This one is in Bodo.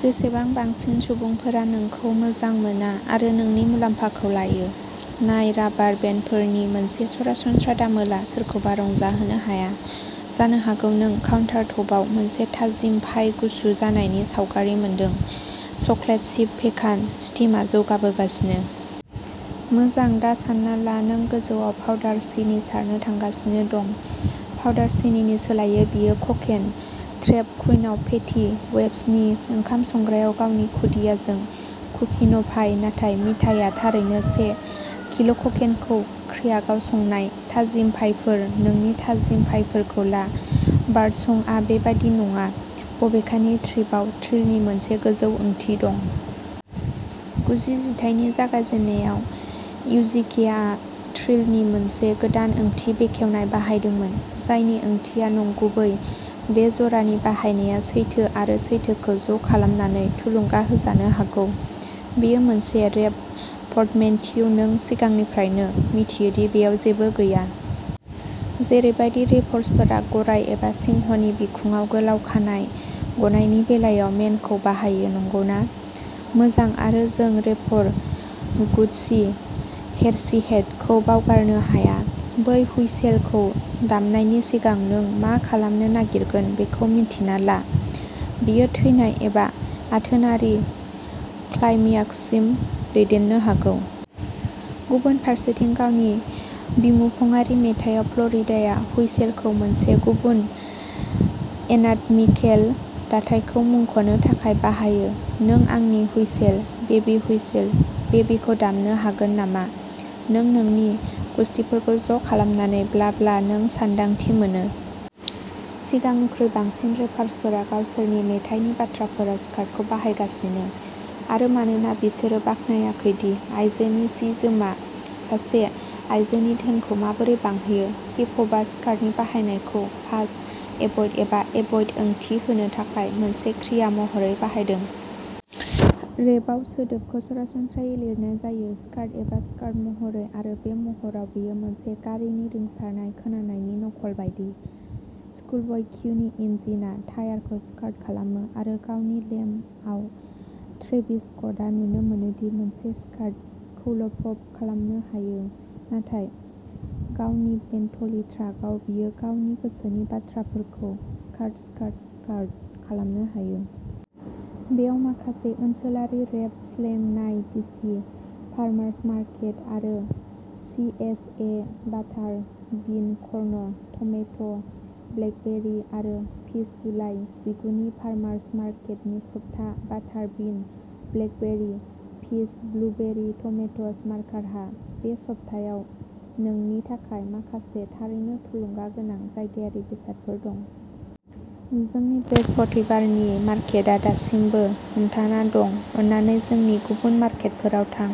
जेसेबां बांसिन सुबुंफोरा नोंखौ मोजां मोना आरो नोंनि मुलाम्फाखौ लायो। नाय राबार बेन्डफोरनि मोनसे सरासनस्रा दामोलआ सोरखौबो रंजाहोनो हाया। जानो हागौ नों काउन्टारटपआव मोनसे थाजिम पाइ गुसु जानायनि सावगारि मोनदों। Chocolate chip pecan. स्टीमआ जौगाबोगासिनो। मोजां दा सानना ला नों गोजौआव पाउडार सिनि सारनो थांगासिनो दं। पाउडार सिनिनि सोलायै बेयो क'केन। ट्रेप कुइनआव फेटी वेप्सनि ओंखाम संग्रायाव गावनि खुदियाजों कुकिन'पाइ नाथाय मिथाइया थारैनो से किल'क'केनखौ क्र्याकआव संनाय। थाजिम पाइफोर नोंनि थाजिम पाइफोरखौ ला बार्डसंआ बेबादि नङा बबेखानि ट्रिपआव ट्रिलनि मोनसे गोजौ ओंथि दं। गुजि जिथाइनि जागायजेन्नायाव इउजिकेआ ट्रिलखौ मोनसे गोदान ओंथि बेखेवनायाव बाहायदोंमोन जायनि ओंथिया नंगुबै। बे जरानि बाहायनाया सैथो आरो सैथोखौ ज' खालामनानै थुलुंगा होजानो हागौ बेयो मोनसे रेप पर्टमेनट्यु नों सिगांनिफ्रायनो मिथियोदि बेयाव जेबो गैया। जेरैबादि रेपर्सफोरा गराय एबा सिंहनि बिखुङाव गोलाव खानाइ गनायनि बेलायाव मेनखौ बाहायो। नंगौना? मोजां आरो जों रेपर गुच्चि हर्सिहेडखौ बावगारनो हाया बै हुइसेलखौ दामनायनि सिगां नों मा खालामनो नागिरगोन बेखौ मिन्थिना ला। बेयो थैनाय एबा आथोनारि क्लाइम्याक्ससिम दैदेननो हागौ। गुबुन फारसेथिं गावनि बिमुपङारि मेथाइयाव फ्ल'रिडाया हुइसेलखौ मोनसे गुबुन एनाटमिकेल दाथायखौ मुंख'नो थाखाय बाहायो नों आंनि हुइसेल, बेबी, हुइसेल, बेबीखौ दामनो हागोन नामा?नों नोंनि गुसथिफोरखौ ज' खालामनानै ब्ला ब्ला ब्ला नों सानदांथि मोनो। सिगांनिख्रुइ बांसिन रेपर्सफोरा गावसोरनि मेथाइनि बाथ्राफोराव स्कार्टखौ बाहायगासिनो आरो मानोना बिसोरो बाखनायाखैदि आयजोनि जि-जोमआ सासे आयजोनि धोनखौ माबोरै बांहोयो। हिप हपआ स्कार्टनि बाहायनायखौ पास, एभ'इड, एबा एभ'इड ओंथि होनो थाखाय मोनसे क्रिया महरै बाहायदों। रेपआव सोदोबखौ सरासनस्रायै लिरनाय जायो। स्कार्ट एबा स्कार्ट महरै आरो बे महराव बेयो मोनसे गारिनि रिंसारनाय खोनानायनि नकल बायदि। स्कुलब'य किउनि इन्जिनआ टायारखौ स्कार्ट खालामो आरो गावनि लेम्ब आव ट्रेभिस स्क'टआ नुनो मोनोदि मोनसे स्कार्ट खौल'पप खालामनो हायो नाथाय गावनि बेन्टली ट्राकआव बियो गावनि गोसोनि बाथ्राफोरखौ स्कार्ट, स्कार्ट, स्कार्ट खालामनो हायो। बेयाव माखासे ओनसोलारि रेप स्लें नाय डिसि फार्मार्स मार्केट आरो सिएसए-बाटार बिन, कर्न, टमेट', ब्लेकबेरी आरो पीच जुलाइ जिगुनि फार्मार्स मार्केटनि सप्ता-बाटार bean, blackberry, peas, blueberry, tomatoes मार्कहा बे सप्तायाव नोंनि थाखाय माखासे थारैनो थुलुंगा गोनां जायगायारि बेसादफोर दं। जोंनि बृहस्पतिबारनि मार्केटआ दासिमबो हमथाना दं अन्नानै जोंनि गुबुन मार्केटफोराव थां।